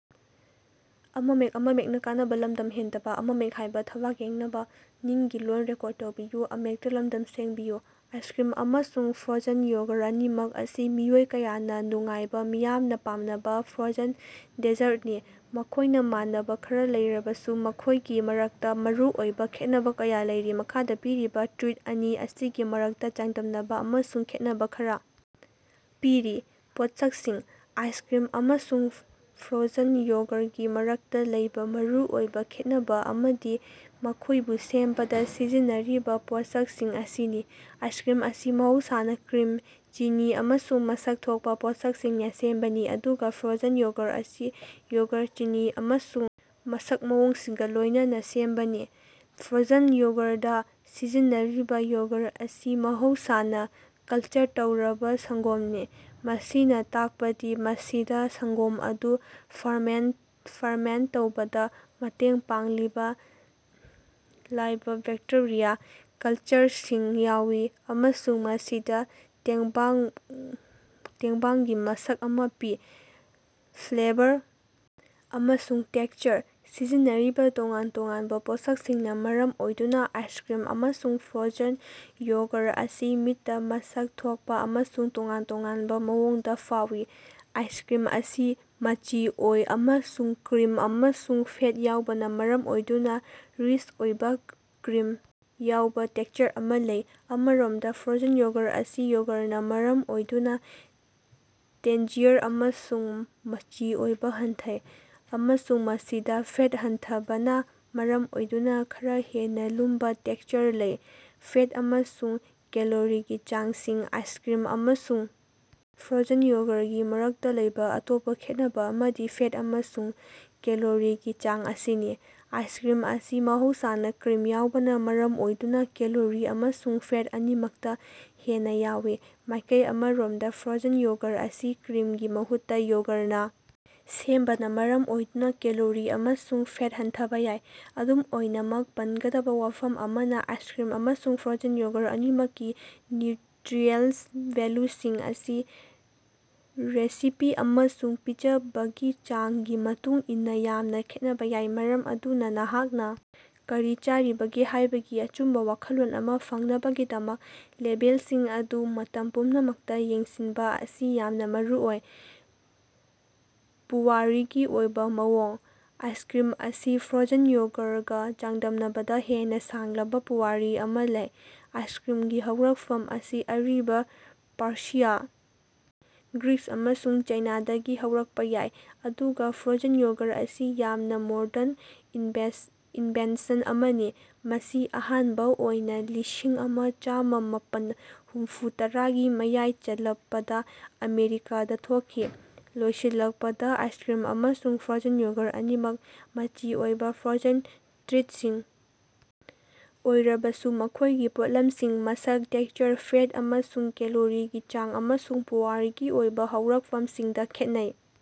Ice cream ꯑꯃꯁꯨꯡ frozen yogurt ꯑꯅꯤꯃꯛ ꯑꯁꯤ ꯃꯤꯑꯣꯏ ꯀꯌꯥꯅꯥ ꯅꯨꯡꯉꯥꯏꯕꯥ ꯃꯤꯌꯥꯝꯅꯥ ꯄꯥꯝꯅꯕꯥ ꯐ꯭ꯔꯣꯖꯟ ꯗꯦꯖ꯭ꯔꯠꯅꯤ꯫ ꯃꯈꯣꯏꯅꯥ ꯃꯥꯟꯅꯕꯥ ꯈꯔꯥ ꯂꯩꯔꯕꯁꯨ ꯃꯈꯣꯏꯒꯤ ꯃꯔꯛꯇꯥ ꯃꯔꯨꯑꯣꯏꯕꯥ ꯈꯦꯠꯅꯕꯥ ꯀꯌꯥ ꯂꯩꯔꯤ꯫ ꯃꯈꯥꯗꯥ ꯄꯤꯔꯤꯕꯥ ꯇ꯭ꯔꯤꯠ ꯑꯅꯤ ꯑꯁꯤꯒꯤ ꯃꯔꯛꯇꯥ ꯆꯥꯡꯗꯝꯅꯕꯥ ꯑꯃꯁꯨꯡ ꯈꯦꯠꯅꯕꯥ ꯈꯔꯥ ꯄꯤꯔꯤ: ꯄꯣꯠꯁꯛꯁꯤꯡ: ꯑꯥꯏꯁꯀ꯭ꯔꯤꯝ ꯑꯃꯁꯨꯡ ꯐ꯭ꯔꯣꯖꯟ ꯌꯣꯒꯔꯒꯤ ꯃꯔꯛꯇꯥ ꯂꯩꯕꯥ ꯃꯔꯨꯑꯣꯏꯕꯥ ꯈꯦꯠꯅꯕꯥ ꯑꯃꯗꯤ ꯃꯈꯣꯏꯕꯨ ꯁꯦꯝꯕꯗꯥ ꯁꯤꯖꯤꯟꯅꯔꯤꯕꯥ ꯄꯣꯠꯁꯛꯁꯤꯡ ꯑꯁꯤꯅꯤ꯫ ꯑꯥꯏꯁꯀ꯭ꯔꯤꯝ ꯑꯁꯤ ꯃꯍꯧꯁꯥꯅꯥ ꯀ꯭ꯔꯤꯝ, ꯆꯤꯅꯤ ꯑꯃꯁꯨꯡ ꯃꯁꯛ ꯊꯣꯛꯄꯥ ꯄꯣꯠꯁꯛꯁꯤꯡꯅꯥ ꯁꯦꯝꯕꯅꯤ, ꯑꯗꯨꯒꯥ ꯐ꯭ꯔꯣꯖꯟ ꯌꯣꯒꯔ ꯑꯁꯤ ꯌꯣꯒꯔ, ꯆꯤꯅꯤ ꯑꯃꯁꯨꯡ ꯃꯁꯛ ꯃꯑꯣꯡꯁꯤꯡꯒꯥ ꯂꯣꯏꯅꯅꯥ ꯁꯦꯝꯕꯅꯤ꯫ ꯐ꯭ꯔꯣꯖꯟ ꯌꯣꯒꯔꯗꯥ ꯁꯤꯖꯤꯟꯅꯔꯤꯕꯥ ꯌꯣꯒꯔ ꯑꯁꯤ ꯃꯍꯧꯁꯥꯅꯥ ꯀꯜꯆꯔ ꯇꯧꯔꯕꯥ ꯁꯪꯒꯣꯝꯅꯤ, ꯃꯁꯤꯅꯥ ꯇꯥꯛꯄꯗꯤ ꯃꯁꯤꯗꯥ ꯁꯪꯒꯣꯝ ꯑꯗꯨ ꯐꯔꯃꯦꯟꯇ ꯇꯧꯕꯗꯥ ꯃꯇꯦꯡ ꯄꯥꯡꯂꯤꯕꯥ ꯂꯥꯏꯕ ꯕꯦꯛꯇꯦꯔꯤꯌꯥ ꯀꯜꯆꯔꯁꯤꯡ ꯌꯥꯎꯏ ꯑꯃꯁꯨꯡ ꯃꯁꯤꯗꯥ ꯇꯦꯡꯕꯥꯡꯒꯤ ꯃꯁꯛ ꯑꯃꯥ ꯄꯤ꯫ ꯐ꯭ꯂꯦꯕꯔ ꯑꯃꯁꯨꯡ ꯇꯦꯛꯁꯆꯔ: ꯁꯤꯖꯤꯟꯅꯔꯤꯕꯥ ꯇꯣꯉꯥꯟ-ꯇꯣꯉꯥꯟꯕꯥ ꯄꯣꯠꯁꯛꯁꯤꯡꯅꯥ ꯃꯔꯝ ꯑꯣꯏꯗꯨꯅꯥ ꯑꯥꯏꯁꯀ꯭ꯔꯤꯝ ꯑꯃꯁꯨꯡ ꯐ꯭ꯔꯣꯖꯟ ꯌꯣꯒꯔ ꯑꯁꯤ ꯃꯤꯠꯇꯥ ꯃꯁꯛ ꯊꯣꯛꯄꯥ ꯑꯃꯁꯨꯡ ꯇꯣꯉꯥꯟ-ꯇꯣꯉꯥꯟꯕꯥ ꯃꯑꯣꯡꯗꯥ ꯐꯥꯎꯏ꯫ ꯑꯥꯏꯁꯀ꯭ꯔꯤꯝ ꯑꯁꯤ ꯃꯆꯤ ꯑꯣꯏ ꯑꯃꯁꯨꯡ ꯀ꯭ꯔꯤꯝ ꯑꯃꯁꯨꯡ ꯐꯦꯠ ꯌꯥꯎꯕꯅꯥ ꯃꯔꯝ ꯑꯣꯏꯗꯨꯅꯥ ꯔꯤꯆ ꯑꯣꯏꯕꯥ, ꯀ꯭ꯔꯤꯝ ꯌꯥꯎꯕꯥ ꯇꯦꯛꯁꯆꯔ ꯑꯃꯥ ꯂꯩ꯫ ꯑꯃꯔꯣꯝꯗꯥ, ꯐ꯭ꯔꯣꯖꯟ ꯌꯣꯒꯔ ꯑꯁꯤ ꯌꯣꯒꯔꯅꯥ ꯃꯔꯝ ꯑꯣꯏꯗꯨꯅꯥ ꯇꯦꯟꯖꯤꯌꯔ ꯑꯃꯁꯨꯡ ꯃꯆꯤ ꯑꯣꯏꯕꯥ ꯍꯟꯊꯩ, ꯑꯃꯁꯨꯡ ꯃꯁꯤꯗꯥ ꯐꯦꯠ ꯍꯟꯊꯕꯅꯥ ꯃꯔꯝ ꯑꯣꯏꯗꯨꯅꯥ ꯈꯔꯥ ꯍꯦꯟꯅꯥ ꯂꯨꯝꯕꯥ ꯇꯦꯛꯁꯆꯔ ꯂꯩ꯫ ꯐꯦꯠ ꯑꯃꯁꯨꯡ ꯀꯦꯂꯣꯔꯤꯒꯤ ꯆꯥꯡꯁꯤꯡ ꯑꯥꯏꯁꯀ꯭ꯔꯤꯝ ꯑꯃꯁꯨꯡ ꯐ꯭ꯔꯣꯖꯟ ꯌꯣꯒꯔꯒꯤ ꯃꯔꯛꯇꯥ ꯂꯩꯕꯥ ꯑꯇꯣꯞꯄꯥ ꯈꯦꯠꯅꯕꯥ ꯑꯃꯗꯤ ꯐꯦꯠ ꯑꯃꯁꯨꯡ ꯀꯦꯂꯣꯔꯤꯒꯤ ꯆꯥꯡ ꯑꯁꯤꯅꯤ꯫ ꯑꯥꯏꯁꯀ꯭ꯔꯤꯝ ꯑꯁꯤ ꯃꯍꯧꯁꯥꯅꯥ ꯀ꯭ꯔꯤꯝ ꯌꯥꯎꯕꯅꯥ ꯃꯔꯝ ꯑꯣꯏꯗꯨꯅꯥ ꯀꯦꯂꯣꯔꯤ ꯑꯃꯁꯨꯡ ꯐꯦꯠ ꯑꯅꯤꯃꯛꯇꯥ ꯍꯦꯟꯅꯥ ꯌꯥꯎꯏ꯫ ꯃꯥꯏꯀꯩ ꯑꯃꯔꯣꯝꯗꯥ ꯐ꯭ꯔꯣꯖꯟ ꯌꯣꯒꯔ ꯑꯁꯤ ꯀ꯭ꯔꯤꯝꯒꯤ ꯃꯍꯨꯠꯇꯥ ꯌꯣꯒꯔꯅꯥ ꯁꯦꯝꯕꯅꯥ ꯃꯔꯝ ꯑꯣꯏꯗꯨꯅꯥ ꯀꯦꯂꯣꯔꯤ ꯑꯃꯁꯨꯡ ꯐꯦꯠ ꯍꯟꯊꯕꯥ ꯌꯥꯏ꯫ ꯑꯗꯨꯝ ꯑꯣꯏꯅꯃꯛ, ꯄꯟꯒꯗꯕꯥ ꯋꯥꯐꯝ ꯑꯃꯅꯥ ꯑꯥꯏꯁꯀ꯭ꯔꯤꯝ ꯑꯃꯁꯨꯡ ꯐ꯭ꯔꯣꯖꯟ ꯌꯣꯒꯔ ꯑꯅꯤꯃꯛꯀꯤ ꯅ꯭ꯌꯨꯇ꯭ꯔꯤꯁꯅꯦꯜ ꯚꯦꯜꯂꯨꯁꯤꯡ ꯑꯁꯤ ꯔꯦꯁꯤꯄꯤ ꯑꯃꯁꯨꯡ ꯄꯤꯖꯕꯒꯤ ꯆꯥꯡꯒꯤ ꯃꯇꯨꯡ ꯏꯟꯅꯥ ꯌꯥꯝꯅꯥ ꯈꯦꯠꯅꯕꯥ ꯌꯥꯏ, ꯃꯔꯝ ꯑꯗꯨꯅꯥ ꯅꯍꯥꯛꯅꯥ ꯀꯔꯤ ꯆꯥꯔꯤꯕꯒꯦ ꯍꯥꯏꯕꯒꯤ ꯑꯆꯨꯝꯕꯥ ꯋꯥꯈꯜꯂꯣꯟ ꯑꯃꯥ ꯐꯪꯅꯕꯒꯤꯗꯃꯛ ꯂꯦꯕꯦꯜꯁꯤꯡ ꯑꯗꯨ ꯃꯇꯝ ꯄꯨꯝꯅꯃꯛꯇꯥ ꯌꯦꯡꯁꯤꯟꯕꯥ ꯑꯁꯤ ꯌꯥꯝꯅꯥ ꯃꯔꯨꯑꯣꯏ꯫ ꯄꯨꯋꯥꯔꯤꯒꯤ ꯑꯣꯏꯕꯥ ꯃꯑꯣꯡ: ꯑꯥꯏꯁꯀ꯭ꯔꯤꯝ ꯑꯁꯤ ꯐ꯭ꯔꯣꯖꯟ ꯌꯣꯒꯔꯒꯥ ꯆꯥꯡꯗꯝꯅꯕꯗꯥ ꯍꯦꯟꯅꯥ ꯁꯥꯡꯂꯕꯥ ꯄꯨꯋꯥꯔꯤ ꯑꯃꯥ ꯂꯩ꯫ ꯑꯥꯏꯁꯀ꯭ꯔꯤꯝꯒꯤ ꯍꯧꯔꯛꯐꯝ ꯑꯁꯤ ꯑꯔꯤꯕꯥ ꯄꯥꯔꯁꯤꯌꯥ, ꯒ꯭ꯔꯤꯁ ꯑꯃꯁꯨꯡ ꯆꯥꯏꯅꯥꯗꯒꯤ ꯍꯧꯔꯛꯄꯥ ꯌꯥꯏ, ꯑꯗꯨꯒꯥ ꯐ꯭ꯔꯣꯖꯟ ꯌꯣꯒꯔ ꯑꯁꯤ ꯌꯥꯝꯅꯥ ꯃꯣꯔꯗꯟ ꯏꯟꯚꯦꯟꯁꯟ ꯑꯃꯅꯤ, ꯃꯁꯤ ꯑꯍꯥꯟꯕꯥ ꯑꯣꯏꯅꯥ ꯂꯤꯁꯤꯡꯑꯃꯥ ꯆꯥꯝꯃꯥꯄꯟ ꯍꯨꯝꯐꯨꯇꯔꯥꯒꯤ ꯃꯌꯥꯏ ꯆꯜꯂꯛꯄꯗꯥ ꯑꯃꯦꯔꯤꯀꯥꯗꯥ ꯊꯣꯛꯈꯤ꯫ ꯂꯣꯏꯁꯤꯜꯂꯛꯄꯗꯥ, ꯑꯥꯏꯁꯀ꯭ꯔꯤꯝ ꯑꯃꯁꯨꯡ ꯐ꯭ꯔꯣꯖꯟ ꯌꯣꯒꯔ ꯑꯅꯤꯃꯛ ꯃꯆꯤ ꯑꯣꯏꯕꯥ ꯐ꯭ꯔꯣꯖꯟ ꯇ꯭ꯔꯤꯠꯁꯤꯡ ꯑꯣꯏꯔꯕꯁꯨ, ꯃꯈꯣꯏꯒꯤ ꯄꯣꯠꯂꯝꯁꯤꯡ, ꯃꯁꯛ, ꯇꯦꯛꯁꯆꯔ, ꯐꯦꯠ ꯑꯃꯁꯨꯡ ꯀꯦꯂꯣꯔꯤꯒꯤ ꯆꯥꯡ, ꯑꯃꯁꯨꯡ ꯄꯨꯋꯥꯔꯤꯒꯤ ꯑꯣꯏꯕꯥ ꯍꯧꯔꯛꯐꯝꯁꯤꯡꯗꯥ ꯈꯦꯠꯅꯩ꯫